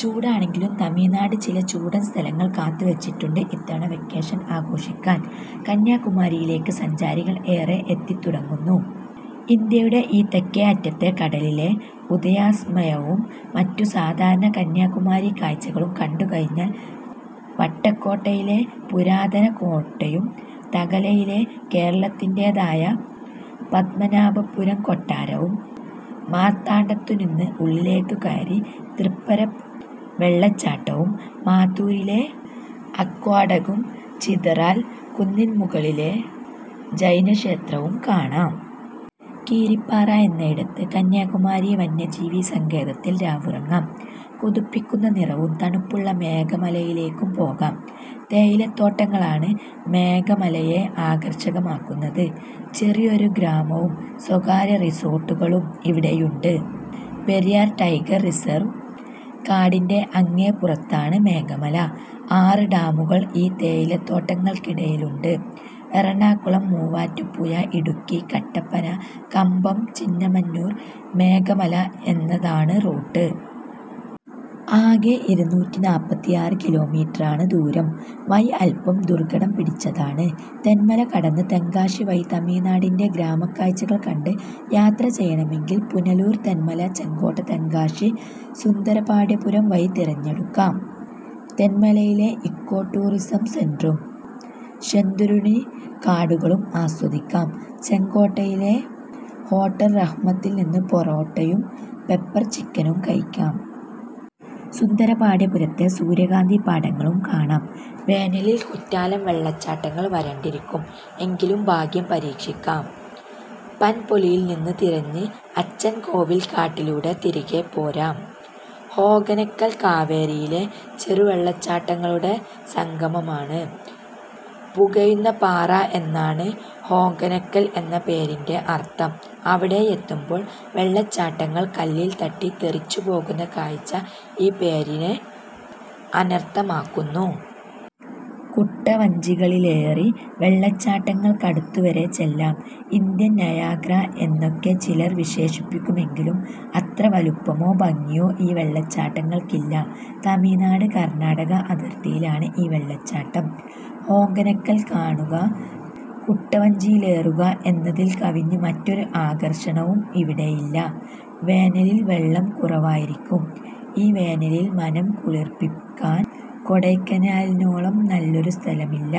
ചൂടാണെങ്കിലും തമിഴ്നാട് ചില ചൂടൻ സ്ഥലങ്ങൾ കാത്തുവച്ചിട്ടുണ്ട് ഇത്തവണ വെക്കേഷൻ ആഘോഷിക്കാൻ. കന്യാകുമാരിയിലേക്ക് സഞ്ചാരികൾ ഏറെ എത്തിത്തുടങ്ങുന്നു. ഇന്ത്യയുടെ ഈ തെക്കേ അറ്റത്തെ കടലിലെ ഉദയാസ്തമയവും മറ്റു സാധാരണ കന്യാകുമാരി കാഴ്ചകളും കണ്ടുകഴിഞ്ഞാൽ വട്ടക്കോട്ടയിലെ പുരാതന കോട്ടയും തക്കലയിലെ കേരളത്തിന്റേതായ പദ്മനാഭപുരം കൊട്ടാരവും മാർത്താണ്ഡത്തുനിന്ന് ഉള്ളിലോട്ട് കയറി തൃപ്പരപ്പ് വെള്ളച്ചാട്ടവും മാത്തൂരിലെ അക്വാഡക്ടും ചിതറാൽ കുന്നിൻമുകളിലെ ജൈനക്ഷേത്രവും കാണാം. കീരിപ്പാറ എന്നയിടത്ത് കന്യാകുമാരി വന്യജീവിസങ്കേതത്തിൽ രാവുറങ്ങാം. കൊതിപ്പിക്കുന്ന നിറവും തണുപ്പുമുള്ള മേഘമലയിലേക്കും പോകാം. തേയിലത്തോട്ടങ്ങളാണ് മേഘമലയെ ആകർഷകമാക്കുന്നത്. ചെറിയൊരു ഗ്രാമവും സ്വകാര്യ റിസോർട്ടുകളും ഇവിടെയുണ്ട്. പെരിയാർ ടൈഗർ റിസർവ് കാടിന്റെ അങ്ങേപ്പുറത്താണ് മേഘമല. ആറു ഡാമുകൾ ഈ തേയിലത്തോട്ടങ്ങൾക്കിടയിലുണ്ട്. എറണാകുളം മൂവാറ്റുപുഴ ഇടുക്കി കട്ടപ്പന കമ്പം ചിന്നമന്നൂർ മേഘമല എന്നതാണ് റൂട്ട്. ആകെ ഇരുനൂറ്റി നാൽപ്പത്തിയാറ് കിലോമീറ്ററാണ് ദൂരം. വഴി അൽപം ദുർഘടം പിടിച്ചതാണ്. തെൻമല കടന്ന് തെങ്കാശി വഴി തമിഴ്നാടിന്റെ ഗ്രാമക്കാഴ്ചകൾ കണ്ടു യാത്ര ചെയ്യണമെങ്കിൽ പുനലൂർ തെൻമല ചെങ്കോട്ട തെങ്കാശി സുന്ദരപാണ്ഡ്യപുരം വഴി തിരഞ്ഞെടുക്കാം. തെൻമലയിലെ ഇക്കോടൂറിസം സെന്ററും ശെന്തുരുണി കാടുകളും ആസ്വദിക്കാം. ചെങ്കോട്ടയിലെ ഹോട്ടൽ റഹ്മത്തിൽനിന്ന് പൊറോട്ടയും പെപ്പർ ചിക്കനും കഴിക്കാം. സുന്ദരപാണ്ഡ്യപുരത്തെ സൂര്യകാന്തിപ്പാടങ്ങളും കാണാം. വേനലിൽ കുറ്റാലം വെള്ളച്ചാട്ടങ്ങൾ വരണ്ടിരിക്കും. എങ്കിലും ഭാഗ്യം പരീക്ഷിക്കാം. പൻപൊലിയിൽനിന്ന് തിരിഞ്ഞ് അച്ചൻകോവിൽ കാട്ടിലൂടെ തിരികെപ്പോരാം. ഹോഗനക്കൽ കാവേരിയിലെ ചെറുവെള്ളച്ചാട്ടങ്ങളുടെ സംഗമമാണ്. പുകയുന്ന പാറ എന്നാണ് ഹോഗനക്കൽ എന്ന പേരിന്റെ അർഥം. അവിടെയെത്തുമ്പോൾ വെള്ളച്ചാട്ടങ്ങൾ കല്ലിൽ തട്ടി തെറിച്ചുപോകുന്ന കാഴ്ച ഈ പേരിനെ അന്വർഥമാക്കുന്നു. കുട്ടവഞ്ചികളിലേറി വെള്ളച്ചാട്ടങ്ങൾക്കടുത്തുവരെ ചെല്ലാം. ഇന്ത്യൻ നയാഗ്ര എന്നൊക്കെ ചിലർ വിശേഷിപ്പിക്കുമെങ്കിലും അത്ര വലുപ്പമോ ഭംഗിയോ ഈ വെള്ളച്ചാട്ടങ്ങൾക്കില്ല. തമിഴ്നാട് കർണാടക അതിർത്തിയിലാണ് ഈ വെള്ളച്ചാട്ടം. ഹോഗനക്കൽ കാണുക കുട്ടവഞ്ചിയിലേറുക എന്നതിൽ കവിഞ്ഞ് മറ്റൊരു ആകർഷണവും ഇവിടെയില്ല. വേനലിൽ വെള്ളം കുറവായിരിക്കും.ഈ വേനലിൽ മനംകുളിർപ്പിക്കാൻ കൊടൈക്കനാലിനോളം നല്ലൊരു സ്ഥലമില്ല.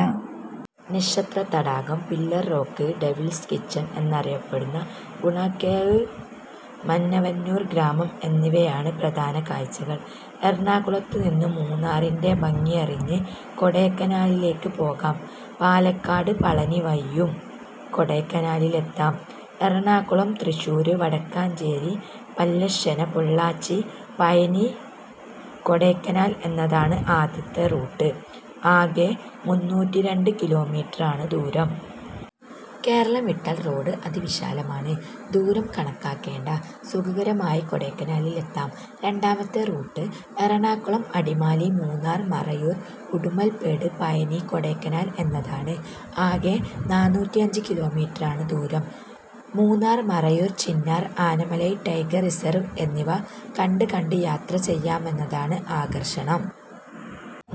നക്ഷത്രത്തടാകം പില്ലർ റോക്ക് ഡെവിൾസ് കിച്ചൺ എന്നറിയപ്പെടുന്ന ഗുണകേവ് മന്നവന്നൂർ ഗ്രാമം എന്നിവയാണ് പ്രധാന കാഴ്ചകൾ. എറണാകുളത്തുനിന്ന് മൂന്നാറിന്റെ ഭംഗിയറിഞ്ഞ് കൊടൈക്കനാലിലേക്ക് പോകാം. പാലക്കാട് പളനി വഴിയും കൊടൈക്കനാലിലെത്താം. എറണാകുളം തൃശ്ശൂർ വടക്കഞ്ചേരി പല്ലശ്ശന പൊള്ളാച്ചി പഴനി കൊടൈക്കനാൽ എന്നതാണ് ആദ്യത്തെ റൂട്ട്. ആകെ മുന്നൂറ്റി രണ്ട് കിലോമീറ്ററാണ് ദൂരം. കേരളം വിട്ടാൽ റോഡ് അതിവിശാലമാണ്. ദൂരം കണക്കാക്കേണ്ട. സുഖകരമായി കൊടൈക്കനാലിൽ എത്താം. രണ്ടാമത്തെ റൂട്ട് എറണാകുളം അടിമാലി മൂന്നാർ മറയൂർ ഉഡുമൽപേട്ട് പഴനി കൊടൈക്കനാൽ എന്നതാണ്. ആകെ നാനൂറ്റി അഞ്ച് കിലോമീറ്ററാണ് ദൂരം. മൂന്നാർ മറയൂർ ചിന്നാർ ആനമലൈ ടൈഗർ റിസർവ് എന്നിവ കണ്ടുകണ്ട് യാത്ര ചെയ്യാമെന്നതാണ് ആകർഷണം.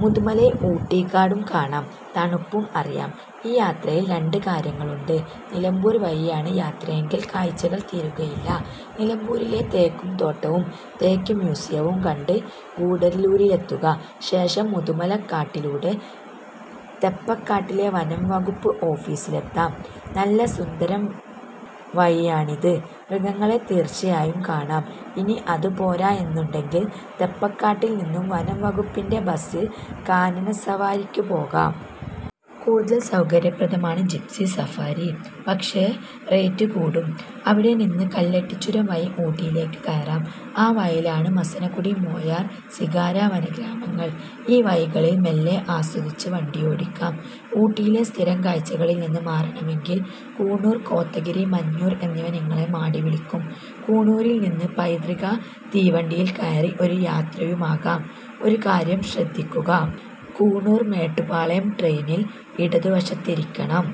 മുതുമലൈ ഊട്ടി കാടും കാണാം. തണുപ്പും അറിയാം.ഈ യാത്രയിൽ രണ്ട് കാര്യങ്ങളുണ്ട്. നിലമ്പൂർ വഴിയാണ് യാത്രയെങ്കിൽ കാഴ്ചകൾ തീരുകയില്ല. നിലമ്പൂരിലെ തേക്കുതോട്ടവും തേക്ക് മ്യൂസിയവും കണ്ട് ഗൂഡല്ലൂരിലെത്തുക. ശേഷം മുതുമല കാട്ടിലൂടെ തെപ്പക്കാട്ടിലെ വനംവകുപ്പ് ഓഫീസിലെത്താം. നല്ല സുന്ദരൻ വഴിയാണിത്. മൃഗങ്ങളെ തീർച്ചയായും കാണാം.ഇനി അതുപോരാ എന്നുണ്ടെങ്കിൽ തെപ്പക്കാട്ടിൽനിന്ന് വനംവകുപ്പിന്റെ ബസ്സിൽ കാനനസവാരിക്ക് പോകാം. കൂടുതൽ സൗകര്യപ്രദമാണ് ജിപ്സി സഫാരി. പക്ഷേ റേറ്റ് കൂടും. അവിടെനിന്ന് കല്ലട്ടിച്ചുരം വഴി ഊട്ടിയിലേക്ക് കയറാം. ആ വഴിയിലാണ് മസിനഗുഡി മോയാർ സിംഗാര വനഗ്രാമങ്ങൾ. ഈ വഴികളിൽ മെല്ലെ ആസ്വദിച്ച് വണ്ടിയോടിക്കാം. ഊട്ടിയിലെ സ്ഥിരം കാഴ്ചകളിൽനിന്ന് മാറണമെങ്കിൽ കൂണൂർ കോത്തഗിരി മഞ്ഞൂർ എന്നിവ നിങ്ങളെ മാടിവിളിക്കും. കൂണൂരിൽനിന്ന് പൈതൃക തീവണ്ടിയിൽ കയറി ഒരു യാത്രയുമാകാം. ഒരു കാര്യം ശ്രദ്ധിക്കുക. കൂണൂർ മേട്ടുപ്പാളയം ട്രെയിനിൽ ഇടതുവശത്തിരിക്കണം.